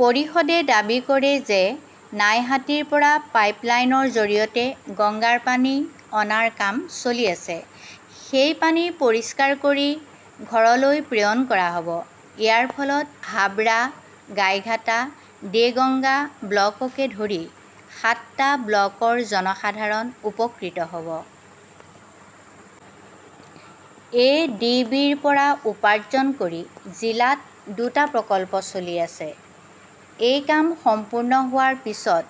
পৰিষদে দাবী কৰে যে, নাইহাটীৰ পৰা পাইপ লাইনৰ জৰিয়তে গংগাৰ পানী অনাৰ কাম চলি আছে। সেই পানী পৰিষ্কাৰ কৰি ঘৰলৈ প্ৰেৰণ কৰা হব। ইয়াৰ ফলত হাবৰা, গাইঘাটা, দেগঙ্গা ব্লককে ধৰি সাতটা ব্লকৰ জনসাধাৰণ উপকৃত হব। এ ডি বিৰ পৰা উপাৰ্জন কৰি জিলাত দুটা প্ৰকল্প চলি আছে। এই কাম সম্পূৰ্ণ হোৱাৰ পিছত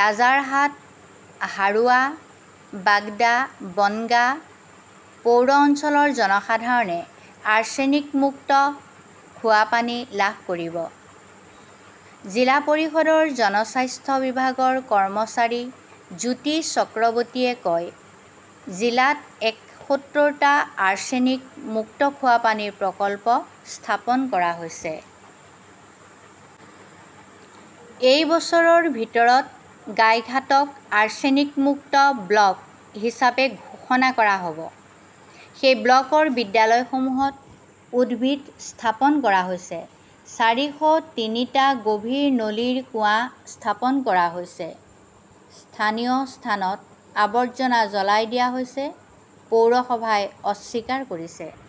ৰাজাৰহাট, হাৰোৱা, বাগদা, বনগাঁ পৌৰ অঞ্চলৰ জনসাধাৰণে আৰ্ছেনিক-মুক্ত খোৱাপানী লাভ কৰিব। জিলা পৰিষদৰ জনস্বাস্থ্য বিভাগৰ কৰ্মচাৰী জ্যোতি চক্ৰৱৰ্তীয়ে কয়, "জিলাত একসত্তৰটা আৰ্ছেনিক-মুক্ত খোৱাপানীৰ প্ৰকল্প স্থাপন কৰা হৈছে। এই বছৰৰ ভিতৰত গাইঘাটক "আৰ্ছেনিক মুক্ত ব্লক" হিচাপে ঘোষণা কৰা হব। সেই ব্লকৰ বিদ্যালয়সমূহত উদ্ভিদ স্থাপন কৰা হৈছে। চাৰিশ তিনিটা গভীৰ নলীৰ কুঁৱা স্থাপন কৰা হৈছে"। স্থানীয় স্থানত আৱৰ্জনা জ্বলাই দিয়া হৈছে, পৌৰসভাই অস্বীকাৰ কৰিছে ।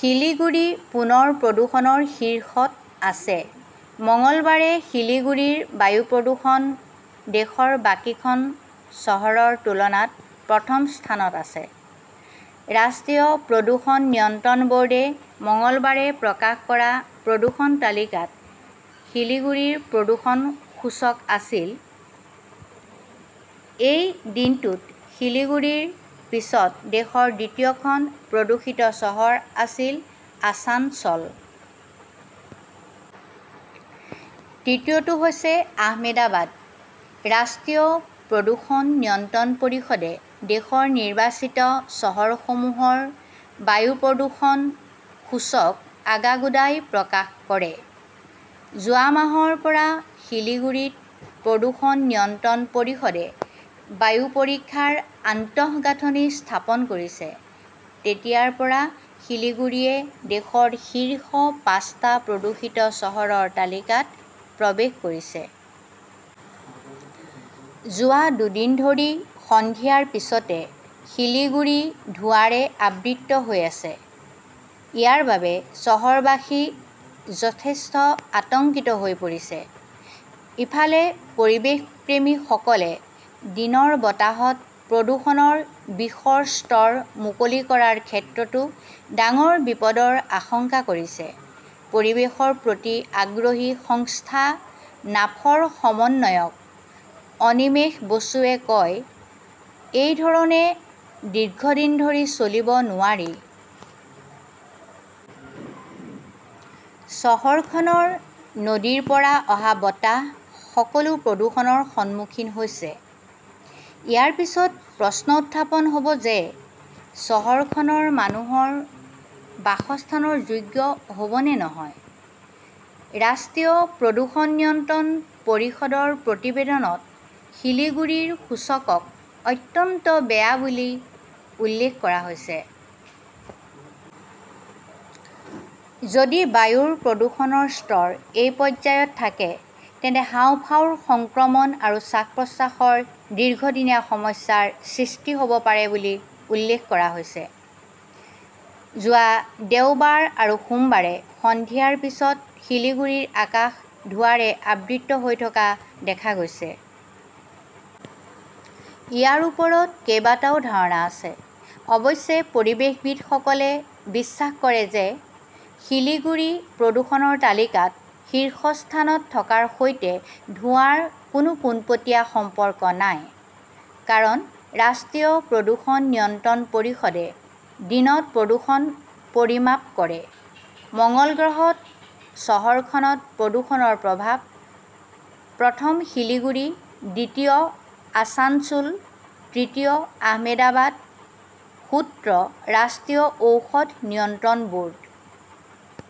শিলিগুৰি পুনৰ প্ৰদূষণৰ শীৰ্ষত আছে। মঙলবাৰে শিলিগুৰিৰ বায়ু প্ৰদূষণ দেশৰ বাকীখন চহৰৰ তুলনাত প্ৰথম স্থানত আছে। ৰাষ্ট্ৰীয় প্ৰদূষণ নিয়ন্ত্ৰণ বৰ্ডে মঙলবাৰে প্ৰকাশ কৰা প্ৰদূষণ তালিকাত শিলিগুৰিৰ প্ৰদূষণ সূচক আছিল। এই দিনটোত শিলিগুৰিৰ পিছত দেশৰ দ্বিতীয়খন প্ৰদূষিত চহৰ আছিল আছানচল। তৃতীয়টো হৈছে আহমেদাবাদ। ৰাষ্ট্ৰীয় প্ৰদূষণ নিয়ন্ত্ৰণ পৰিষদে দেশৰ নিৰ্বাচিত চহৰসমূহৰ বায়ু প্ৰদূষণ সূচক আগাগোদাই প্ৰকাশ কৰে। যোৱা মাহৰ পৰা শিলিগুৰিত প্ৰদূষণ নিয়ন্ত্ৰণ পৰিষদে বায়ু পৰীক্ষাৰ আন্তঃগাঁথনি স্থাপন কৰিছে। তেতিয়াৰ পৰা শিলিগুৰিয়ে দেশৰ শীৰ্ষ পাঁচটা প্ৰদূষিত চহৰৰ তালিকাত প্ৰৱেশ কৰিছে। যোৱা দুদিন ধৰি সন্ধিয়াৰ পিছতে শিলিগুৰি ধোঁৱাৰে আবৃত হৈ আছে। ইয়াৰ বাবে চহৰবাসী যথেষ্ট আতংকিত হৈ পৰিছে। ইফালে পৰিৱেশপ্ৰেমীসকলে দিনৰ বতাহত প্ৰদূষণৰ বিষৰ স্তৰ মুকলি কৰাৰ ক্ষেত্ৰতো ডাঙৰ বিপদৰ আশংকা কৰিছে। পৰিৱেশৰ প্ৰতি আগ্ৰহী সংস্থা নাফৰ সমন্বয়ক অনিমেশ বসুৱে কয়, "এই ধৰণে দীৰ্ঘদিন ধৰি চলিব নোৱাৰি। চহৰখনৰ নদীৰ পৰা অহা বতাহ সকলো প্ৰদূষণৰ সন্মুখীন হৈছে। ইয়াৰ পিছত প্ৰশ্ন উত্থাপন হব যে, চহৰখন মানুহৰ বাসস্থানৰ যোগ্য হব নে নহয়"। ৰাষ্ট্ৰীয় প্ৰদূষণ নিয়ন্ত্ৰণ পৰিষদৰ প্ৰতিবেদনত শিলিগুৰিৰ সূচকক "অত্যন্ত বেয়া" বুলি উল্লেখ কৰা হৈছে। যদি বায়ুৰ প্ৰদূষণৰ স্তৰ এই পৰ্যায়ত থাকে, তেন্তে হাঁওফাঁওৰ সংক্ৰমণ আৰু শ্বাস-প্ৰশ্বাসৰ দীৰ্ঘদিনীয়া সমস্যাৰ সৃষ্টি হব পাৰে বুলি উল্লেখ কৰা হৈছে। যোৱা দেওবাৰ আৰু সোমবাৰে সন্ধিয়াৰ পিছত শিলিগুৰিৰ আকাশ ধোঁৱাৰে আবৃত হৈ থকা দেখা গৈছে। ইয়াৰ ওপৰত কেইবাটাও ধাৰণা আছে। অৱশ্যে পৰিৱেশবিদসকলে বিশ্বাস কৰে যে, শিলিগুৰি প্ৰদূষণৰ তালিকাত শীৰ্ষস্থানত থকাৰ সৈতে ধোঁৱাৰ কোনো পোনপটীয়া সম্পৰ্ক নাই। কাৰণ ৰাষ্ট্ৰীয় প্ৰদূষণ নিয়ন্ত্ৰণ পৰিষদে দিনত প্ৰদূষণ পৰিমাপ কৰে। মঙ্গল গ্ৰহত চহৰখনত প্ৰদূষণৰ প্ৰভাৱ; প্ৰথম শিলিগুৰি; দ্বিতীয় আছানছোল; তৃতীয় আহমেদাবাদ, সূত্ৰ ৰাষ্ট্ৰীয় ঔষধ নিয়ন্ত্ৰণ বৰ্ড ।